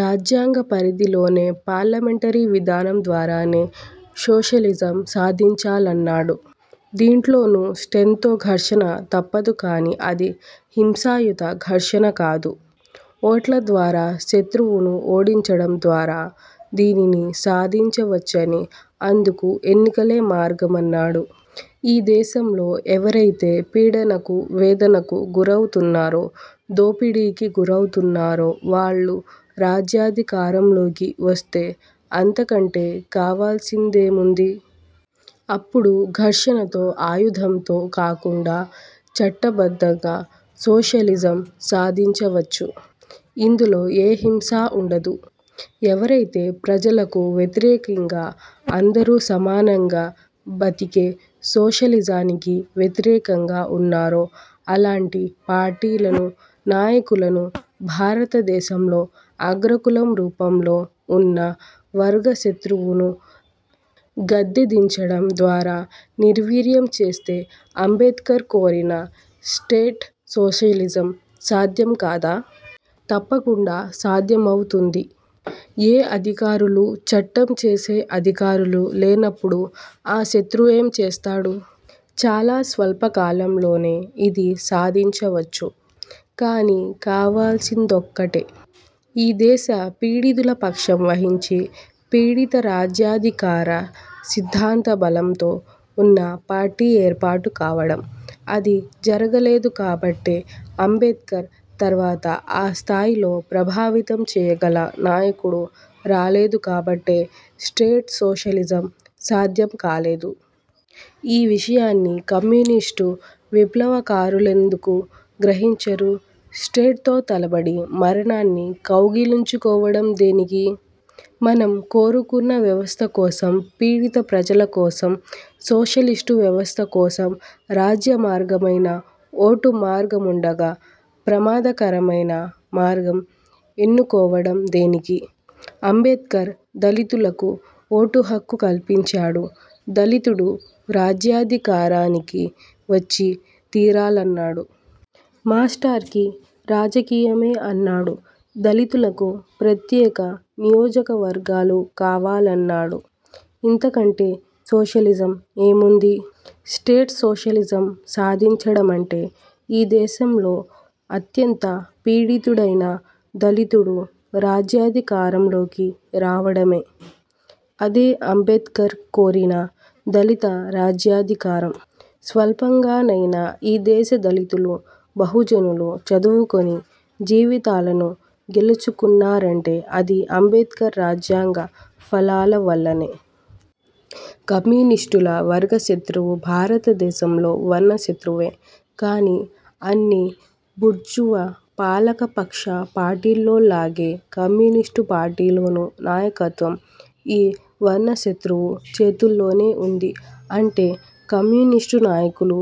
రాజ్యాంగ పరిధిలోనే, పార్లమెంటరీ విధానం ద్వారానే సోషలిజం సాధించాలన్నాడు. దీంట్లోనూ స్టేన్తోఘర్షణ తప్పదు కాని అది హింసాయుత ఘర్షణ కాదు. ఓట్ల ద్వారా శత్రువును ఓడించడం ద్వారా దీనిని సాధించవచ్చనీ, అందుకు ఎన్నికలే మార్గమన్నాడు. ఈ దేశంలో ఎవరైతే పీడనకు వేదనకు గురవుతున్నారో, దోపిడీకి గురవుతున్నారో వాళ్ళు రాజ్యాధికారంలోకి వస్తే అంతకంటే కావాల్సిందేముంది? అప్పుడు ఘర్షణతో, ఆయుధంతో కాకుండా చట్టబద్ధంగా సోషలిజం సాధించవచ్చు. ఇందులో ఏ హింసా ఉండదు. ఎవరైతే ప్రజలకు వ్యతిరేకింగా, అందరూ సమానంగా బతికే సోషలిజానికి వ్యతిరేకంగా ఉన్నారో అలాంటి పార్టీలను, నాయకులను, భారతదేశంలో అగ్రకులం రూపంలో ఉన్న వర్గశత్రువును గద్దెదించడం ద్వారా నిర్వీర్యం చేస్తే అంబేద్కర్ కోరిన స్టేట్ సోషలిజం సాధ్యం కాదా? తప్పకుండా సాధ్యమవుతుంది. ఏ అధికారులు, చట్టం చేసే అధికారులు లేనప్పుడు ఆ శత్రువేం చేస్తాడు. చాలా స్వల్పకాలంలోనే ఇది సాధించవచ్చు. కానీ, కావాల్సిందొక్కటే. ఈ దేశ పీడితుల పక్షం వహించి పీడిత రాజ్యాధికార సిద్ధాంత బలంతో ఉన్న పార్టీ ఏర్పాటు కావడం. అది జరుగలేదు కాబట్టే, అంబేద్కర్ తర్వాత ఆ స్థాయిలో ప్రభావితం చేయగల నాయకుడు రాలేదు కాబట్టే, స్టేట్ సోషలిజం సాధ్యం కాలేదు. ఈ విషయాన్ని కమ్యునిస్టు విప్లవకారులెందుకు గ్రహించరు? స్టేట్తో తలపడి మరణాన్ని కౌగిలించుకోవడం దేనికి? మనం కోరుకున్న వ్యవస్థ కోసం, పీడిత ప్రజల కోసం, సోషలిస్టు వ్యవస్థ కోసం రాజ్య మార్గమైన ఓటు మార్గముండగా ప్రమాదకరమైన మార్గం ఎన్నుకోవడం దేనికి? అంబేద్కర్ దళితులకు ఓటు హక్కు కల్పించాడు. దళితుడు రాజ్యాధికారానికి వచ్చి తీరాలన్నాడు. మాస్టర్కీ రాజకీయమే అన్నాడు. దళితులకు ప్రత్యేక నియోజకవర్గాలు కావాలన్నాడు. ఇంతకంటే సోషలిజం ఏముంది? స్టేట్ సోషలిజం సాధించడమంటే ఈ దేశంలో అత్యంత పీడితుడైన దళితుడు రాజ్యాధికారంలోకి రావడమే. అదే అంబేద్కర్ కోరిన దళిత రాజ్యాధికారం. స్వల్పంగానైనా ఈ దేశ దళితులు, బహుజనులు చదువుకొని జీవితాలను గెలుచుకున్నారంటే అది అంబేద్కర్ రాజ్యాంగ ఫలాల వల్లనే. కమ్యునిస్టుల వర్గశత్రువు భారతదేశంలో వర్ణశత్రువే. కాని అన్ని బూర్జువా పాలకపక్ష పార్టీల్లోల్లాగే కమ్యునిస్టు పార్టీల్లోనూ నాయకత్వం ఈ వర్ణశత్రువు చేతుల్లోనే ఉంది. అంటే కమ్యునిస్టు నాయకులు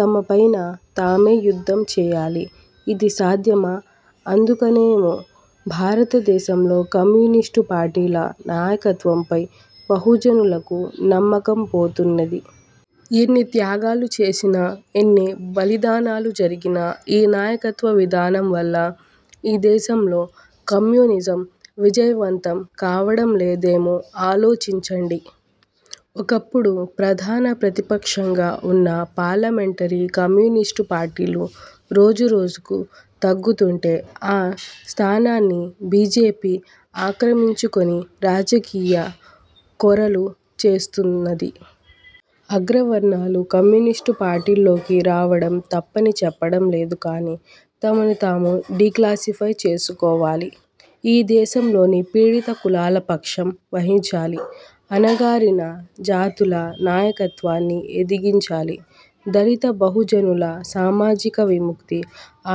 తమపైన తామే యుద్ధం చేయాలి. ఇది సాధ్యమా? అందుకనేమో భారతదేశంలో కమ్యునిస్టు పార్టీల నాయకత్వంపై బహుజనులకు నమ్మకం పోతున్నది. ఎన్ని త్యాగాలు చేసినా, ఎన్ని బలిదానాలు జరిగినా ఈ నాయకత్వ విధానం వల్ల ఈ దేశంలో కమ్యునిజం విజయవంతం కావడం లేదేమో ఆలోచించండి. ఒకప్పుడు ప్రధాన ప్రతిపక్షంగా ఉన్న పార్లమెంటరీ కమ్యునిస్టు పార్టీలు, రోజురోజుకూ తగ్గుతుంటే, ఆ స్థానాన్ని బి. జె. పి ఆక్రమించుకొని రాజకీయ కోరలు చేస్తున్నది. అగ్రవర్ణాలు కమ్యునిస్టు పార్టీల్లోకి రావడం తప్పని చెప్పడం లేదు కానీ, తమను తాము డీక్లాసిఫై చేసుకోవాలి. ఈ దేశంలోని పీడిత కులాల పక్షం వహించాలి. అణగారిన జాతుల నాయకత్వాన్ని ఎదిగించాలి. దళిత బహుజనుల సామాజిక విముక్తి,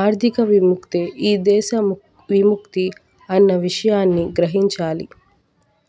ఆర్థిక విముక్తే ఈ దేశ విముక్తి అన్న విషయాన్ని గ్రహించాలి.